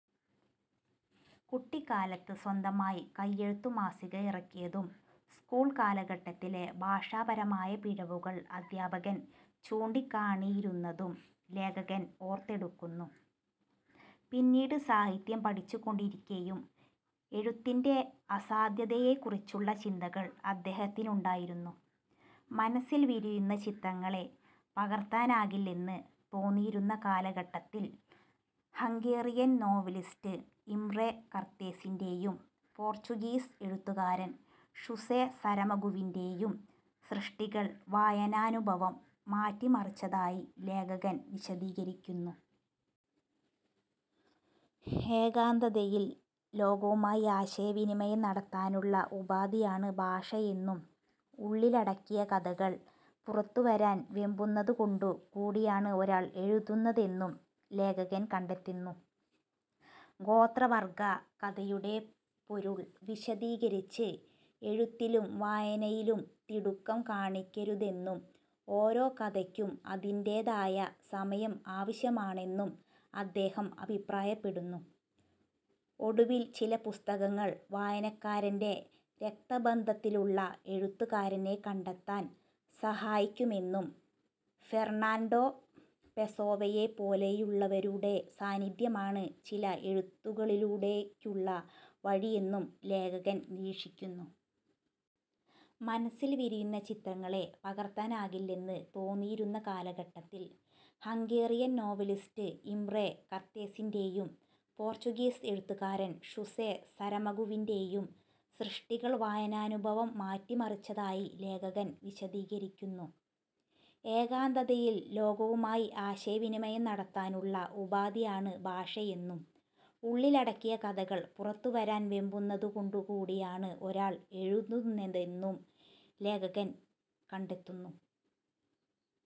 കുട്ടിക്കാലത്ത് സ്വന്തമായി കയ്യെഴുത്തുമാസിക ഇറക്കിയതും, സ്കൂൾ കാലഘട്ടത്തിലെ ഭാഷാപരമായ പിഴവുകൾ അധ്യാപകൻ ചൂണ്ടിക്കാണിയിരുന്നതും ലേഖകൻ ഓർത്തെടുക്കുന്നു. പിന്നീട് സാഹിത്യം പഠിച്ചുകൊണ്ടിരിക്കെയും എഴുത്തിന്റെ അസാധ്യതയെക്കുറിച്ചുള്ള ചിന്തകൾ അദ്ദേഹത്തിനുണ്ടായിരുന്നു. മനസ്സിൽ വിരിയുന്ന ചിത്രങ്ങളെ പകർത്താനാകില്ലെന്ന് തോന്നിയിരുന്ന കാലഘട്ടത്തിൽ, ഹംഗേറിയൻ നോവലിസ്റ്റ് ഇംറെ കർത്തെസിന്റെയും പോർച്ചുഗീസ് എഴുത്തുകാരൻ ഷുസെ സരമഗുവിന്റെയും സൃഷ്ടികൾ വായനാനുഭവം മാറ്റിമറിച്ചതായി ലേഖകൻ വിശദീകരിക്കുന്നു. ഏകാന്തതയിൽ ലോകവുമായി ആശയവിനിമയം നടത്താനുള്ള ഉപാധിയാണ് ഭാഷയെന്നും, ഉള്ളിലടക്കിയ കഥകൾ പുറത്തുവരാൻ വെമ്പുന്നതു കൊണ്ടു കൂടിയാണ് ഒരാൾ എഴുതുന്നതെന്നും ലേഖകൻ കണ്ടെത്തുന്നു. ഗോത്രവർഗ്ഗ കഥയുടെ പൊരുൾ വിശദീകരിച്ച്, എഴുത്തിലും വായനയിലും തിടുക്കം കാണിക്കരുതെന്നും, ഓരോ കഥയ്ക്കും അതിന്റേതായ സമയം ആവശ്യമാണെന്നും അദ്ദേഹം അഭിപ്രായപ്പെടുന്നു. ഒടുവിൽ, ചില പുസ്തകങ്ങൾ വായനക്കാരന്റെ രക്തബന്ധത്തിലുള്ള എഴുത്തുകാരനെ കണ്ടെത്താൻ സഹായിക്കുമെന്നും, ഫെർണാൻഡോ പെസോവയെപ്പോലെയുള്ളവരുടെ സാന്നിധ്യമാണ് ചില എഴുത്തുകളിലേക്കുള്ള വഴിയെന്നും ലേഖകൻ നിരീക്ഷിക്കുന്നു. മനസ്സിൽ വിരിയുന്ന ചിത്രങ്ങളെ പകർത്താനാകില്ലെന്ന് തോന്നിയിരുന്ന കാലഘട്ടത്തിൽ, ഹംഗേറിയൻ നോവലിസ്റ്റ് ഇംറെ കർത്തെസിന്റെയും പോർച്ചുഗീസ് എഴുത്തുകാരൻ ഷുസെ സരമഗുവിന്റെയും സൃഷ്ടികൾ വായനാനുഭവം മാറ്റിമറിച്ചതായി ലേഖകൻ വിശദീകരിക്കുന്നു. ഏകാന്തതയിൽ ലോകവുമായി ആശയവിനിമയം നടത്താനുള്ള ഉപാധിയാണ് ഭാഷയെന്നും, ഉള്ളിലടക്കിയ കഥകൾ പുറത്തുവരാൻ വെമ്പുന്നതു കൊണ്ടു കൂടിയാണ് ഒരാൾ എഴുതുന്നതെന്നും ലേഖകൻ കണ്ടെത്തുന്നു.